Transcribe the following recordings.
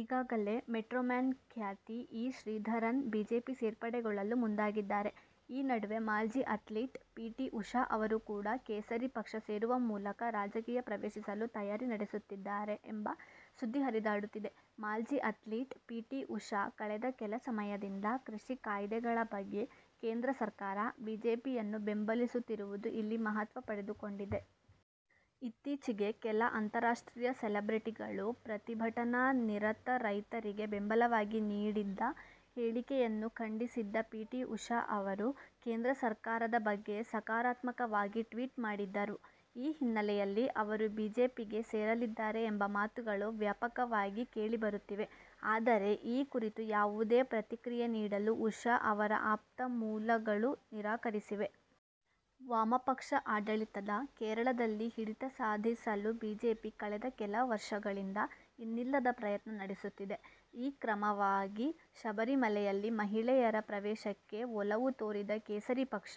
ಈಗಾಗಲೇ 'ಮೆಟ್ರೊಮ್ಯಾನ್' ಖ್ಯಾತಿ E. Sreedharan BJP ಸೇರ್ಪಡೆಗೊಳ್ಳಲು ಮುಂದಾಗಿದ್ದಾರೆ. ಈ ನಡುವೆ ಮಾಜಿ ಅಥ್ಲೀಟ್ ಪಿ. ಟಿ. ಉಷಾ ಅವರೂ ಕೂಡ ಕೇಸರಿ ಪಕ್ಷ ಸೇರುವ ಮೂಲಕ ರಾಜಕೀಯ ಪ್ರವೇಶಿಸಲು ತಯಾರಿ ನಡೆಸುತ್ತಿದ್ದಾರೆ ಎಂಬ ಸುದ್ದಿ ಹರಿದಾಡುತ್ತಿದೆ. ಮಾಜಿ ಅಥ್ಲೀಟ್ ಪಿಟಿ ಉಷಾ ಕಳೆದ ಕೆಲ ಸಮಯದಿಂದ ಕೃಷಿ ಕಾಯ್ದೆಗಳ ಬಗ್ಗೆ ಕೇಂದ್ರ ಸರ್ಕಾರ, ಬಿಜೆಪಿಯನ್ನು ಬೆಂಬಲಿಸುತ್ತಿರುವುದು ಇಲ್ಲಿ ಮಹತ್ವಪಡೆದುಕೊಂಡಿದೆ. ಇತ್ತೀಚಿಗೆ ಕೆಲ ಅಂತರಾಷ್ಟ್ರೀಯ ಸೆಲೆಬ್ರೆಟಿಗಳು ಪ್ರತಿಭಟನಾ ನಿರತ ರೈತರಿಗೆ ಬೆಂಬಲವಾಗಿ ನೀಡಿದ್ದ ಹೇಳಿಕೆಯನ್ನು ಖಂಡಿಸಿದ್ದ ಪಿಟಿ ಉಷಾ ಅವರು ಕೇಂದ್ರ ಸರ್ಕಾರದ ಬಗ್ಗೆ ಸಕಾರಾತ್ಮಕವಾಗಿ ಟ್ವೀಟ್ ಮಾಡಿದ್ದರು. ಈ ಹಿನ್ನೆಲೆಯಲ್ಲಿ ಅವರು ಬಿಜೆಪಿಗೆ ಸೇರಲಿದ್ದಾರೆ ಎಂಬ ಮಾತುಗಳು ವ್ಯಾಪಕವಾಗಿ ಕೇಳಿಬರುತ್ತಿವೆ. ಆದರೆ, ಈ ಕುರಿತು ಯಾವುದೇ ಪ್ರತಿಕ್ರಿಯೆ ನೀಡಲು ಉಷಾ ಅವರ ಆಪ್ತ ಮೂಲಗಳು ನಿರಾಕರಿಸಿವೆ. ವಾಮಪಕ್ಷ ಆಡಳಿತದ ಕೇರಳದಲ್ಲಿ ಹಿಡಿತ ಸಾಧಿಸಲು ಬಿಜೆಪಿ ಕಳೆದ ಕೆಲ ವರ್ಷಗಳಿಂದ ಇನ್ನಿಲ್ಲದ ಪ್ರಯತ್ನ ನಡೆಸುತ್ತಿದೆ. ಈ ಕ್ರಮವಾಗಿ ಶಬರಿಮಲೆಯಲ್ಲಿ ಮಹಿಳೆಯರ ಪ್ರವೇಶಕ್ಕೆ ಒಲವು ತೋರಿದ ಕೇಸರಿ ಪಕ್ಷ,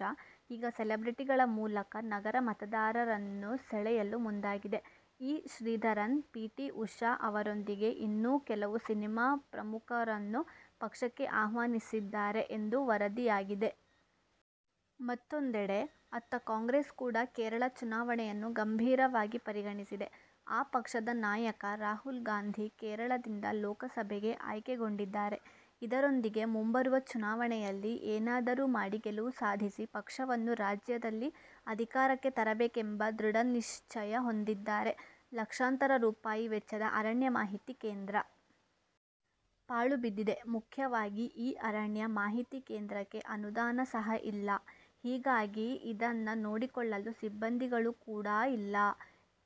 ಈಗ ಸೆಲೆಬ್ರಿಟಿಗಳ ಮೂಲಕ ನಗರ ಮತದಾರರನ್ನು ಸೆಳೆಯಲು ಮುಂದಾಗಿದೆ. E. Sreedharan, P. T. Usha ಅವರೊಂದಿಗೆ ಇನ್ನೂ ಕೆಲವು ಸಿನಿಮಾ ಪ್ರಮುಖರನ್ನು ಪಕ್ಷಕ್ಕೆ ಆಹ್ವಾನಿಸಿದ್ದಾರೆ ಎಂದು ವರದಿಯಾಗಿದೆ. ಮತ್ತೊಂದೆಡೆ, ಅತ್ತ ಕಾಂಗ್ರೆಸ್ ಕೂಡ ಕೇರಳ ಚುನಾವಣೆಯನ್ನು ಗಂಭೀರವಾಗಿ ಪರಿಗಣಿಸಿದೆ. ಆ ಪಕ್ಷದ ನಾಯಕ ರಾಹುಲ್ ಗಾಂಧಿ ಕೇರಳದಿಂದ ಲೋಕಸಭೆಗೆ ಆಯ್ಕೆಗೊಂಡಿದ್ದಾರೆ. ಇದರೊಂದಿಗೆ ಮುಂಬರುವ ಚುನಾವಣೆಯಲ್ಲಿ ಏನಾದರೂ ಮಾಡಿ ಗೆಲುವು ಸಾಧಿಸಿ ಪಕ್ಷವನ್ನು ರಾಜ್ಯದಲ್ಲಿ ಅಧಿಕಾರಕ್ಕೆ ತರಬೇಕೆಂಬ ದೃಢನಿಶ್ಚಯ ಹೊಂದಿದ್ದಾರೆ. ಲಕ್ಷಾಂತರ ರೂಪಾಯಿ ವೆಚ್ಚದ ಅರಣ್ಯ ಮಾಹಿತಿ ಕೇಂದ್ರ. ಪಾಳು ಬಿದ್ದಿದೆ ಮುಖ್ಯವಾಗಿ ಈ ಅರಣ್ಯ ಮಾಹಿತಿ ಕೇಂದ್ರಕ್ಕೆ ಅನುದಾನ ಸಹ ಇಲ್ಲಾ. ಹೀಗಾಗಿ ಇದನ್ನ ನೋಡಿಕೊಳ್ಳಲು ಸಿಬ್ಬಂದಿಗಳು ಕೂಡಾ ಇಲ್ಲಾ.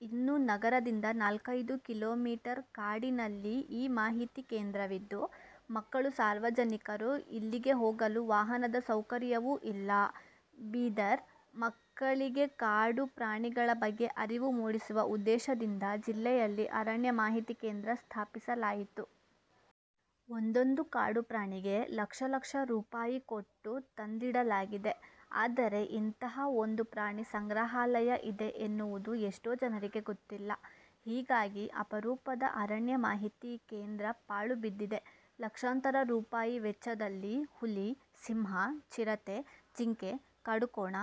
ಇನ್ನೂ ನಗರದಿಂದ ನಾಲ್ಕೈದು ಕಿಲೋಮೀಟರ್ ಕಾಡಿನಲ್ಲಿ ಈ ಮಾಹಿತಿ ಕೇಂದ್ರವಿದ್ದು ಮಕ್ಕಳು ಸಾರ್ವಜನಿಕರು ಇಲ್ಲಿಗೆ ಹೋಗಲು ವಾಹನದ ಸೌಕರ್ಯವೂ ಇಲ್ಲಾ. ಬೀದರ್: ಮಕ್ಕಳಿಗೆ ಕಾಡು ಪ್ರಾಣಿಗಳ ಬಗ್ಗೆ ಅರಿವು ಮೂಡಿಸುವ ಉದ್ದೇಶದಿಂದ ಜಿಲ್ಲೆಯಲ್ಲಿ ಅರಣ್ಯ ಮಾಹಿತಿ ಕೇಂದ್ರ ಸ್ಥಾಪಿಸಲಾಯಿತು. ಒಂದೊಂದು ಕಾಡು ಪ್ರಾಣಿಗೆ ಲಕ್ಷ ಲಕ್ಷ ರೂಪಾಯಿ ಕೊಟ್ಟು ತಂದಿಡಲಾಗಿದೆ. ಆದರೆ ಇಂತಹ ಒಂದು ಪ್ರಾಣಿ ಸಂಗ್ರಹಾಲಯ ಇದೆ ಎನ್ನುವುದು ಎಷ್ಟೋ ಜನರಿಗೆ ಗೊತ್ತಿಲ್ಲ. ಹೀಗಾಗಿ ಅಪರೂಪದ ಅರಣ್ಯ ಮಾಹಿತಿ ಕೇಂದ್ರ ಪಾಳು ಬಿದ್ದಿದೆ. ಲಕ್ಷಾಂತರ ರೂಪಾಯಿ ವೆಚ್ಚದಲ್ಲಿ ಹುಲಿ, ಸಿಂಹ, ಚಿರತೆ, ಜಿಂಕೆ, ಕಾಡುಕೋಣ,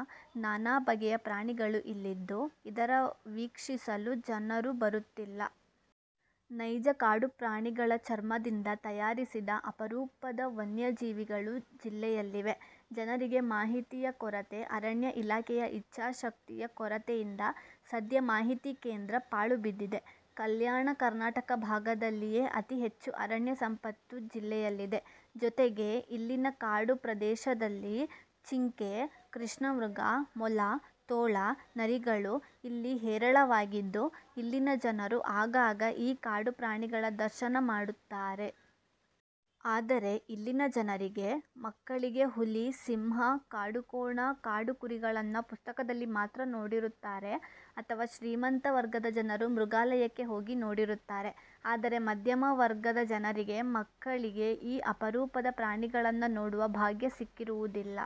ನಾನಾ ಬಗೆಯ ಪ್ರಾಣಿಗಳು ಇಲ್ಲಿದ್ದು ಇದರ ವೀಕ್ಷಿಸಲು ಜನರು ಬರುತ್ತಿಲ್ಲ. ನೈಜ ಕಾಡು ಪ್ರಾಣಿಗಳ ಚರ್ಮದಿಂದ ತಯಾರಿಸಿದ ಅಪರೂಪದ ವನ್ಯಜೀವಿಗಳು ಜಿಲ್ಲೆಯಲ್ಲಿವೆ. ಜನರಿಗೆ ಮಾಹಿತಿಯ ಕೊರತೆ, ಅರಣ್ಯ ಇಲಾಖೆಯ ಇಚ್ಚಾಶಕ್ತಿಯ ಕೊರತೆಯಿಂದ ಸದ್ಯ ಮಾಹಿತಿ ಕೇಂದ್ರ ಪಾಳುಬಿದ್ದಿದೆ. ಕಲ್ಯಾಣ ಕರ್ನಾಟಕ ಭಾಗದಲ್ಲಿಯೇ ಅತಿ ಹೆಚ್ಚು ಅರಣ್ಯ ಸಂಪತ್ತು ಜಿಲ್ಲೆಯಲ್ಲಿದೆ. ಜೊತೆಗೆ ಇಲ್ಲಿನ ಕಾಡು ಪ್ರದೇಶದಲ್ಲಿ ಚಿಂಕೆ, ಕೃಷ್ಣಮೃಗ, ಮೊಲ, ತೋಳ, ನರಿಗಳು ಇಲ್ಲಿ ಹೇರಳವಾಗಿದ್ದು ಇಲ್ಲಿನ ಜನರು ಆಗಾಗ ಈ ಕಾಡು ಪ್ರಾಣಿಗಳ ದರ್ಶನ ಮಾಡುತ್ತಾರೆ. ಆದರೆ ಇಲ್ಲಿನ ಜನರಿಗೆ, ಮಕ್ಕಳಿಗೆ ಹುಲಿ, ಸಿಂಹ, ಕಾಡುಕೋಣ, ಕಾಡುಕುರಿಗಳನ್ನ ಪುಸ್ತಕದಲ್ಲಿ ಮಾತ್ರ ನೋಡಿರುತ್ತಾರೆ ಅಥವಾ ಶ್ರೀಮಂತ ವರ್ಗದ ಜನರು ಮೃಗಾಲಯಕ್ಕೆ ಹೋಗಿ ನೋಡಿರುತ್ತಾರೆ. ಆದರೆ ಮದ್ಯಮವರ್ಗದ ಜನರಿಗೆ ಮಕ್ಕಳಿಗೆ ಈ ಅಪರೂಪದ ಪ್ರಾಣಿಗಳನ್ನ ನೋಡುವ ಭಾಗ್ಯ ಸಿಕ್ಕಿರುವುದಿಲ್ಲ.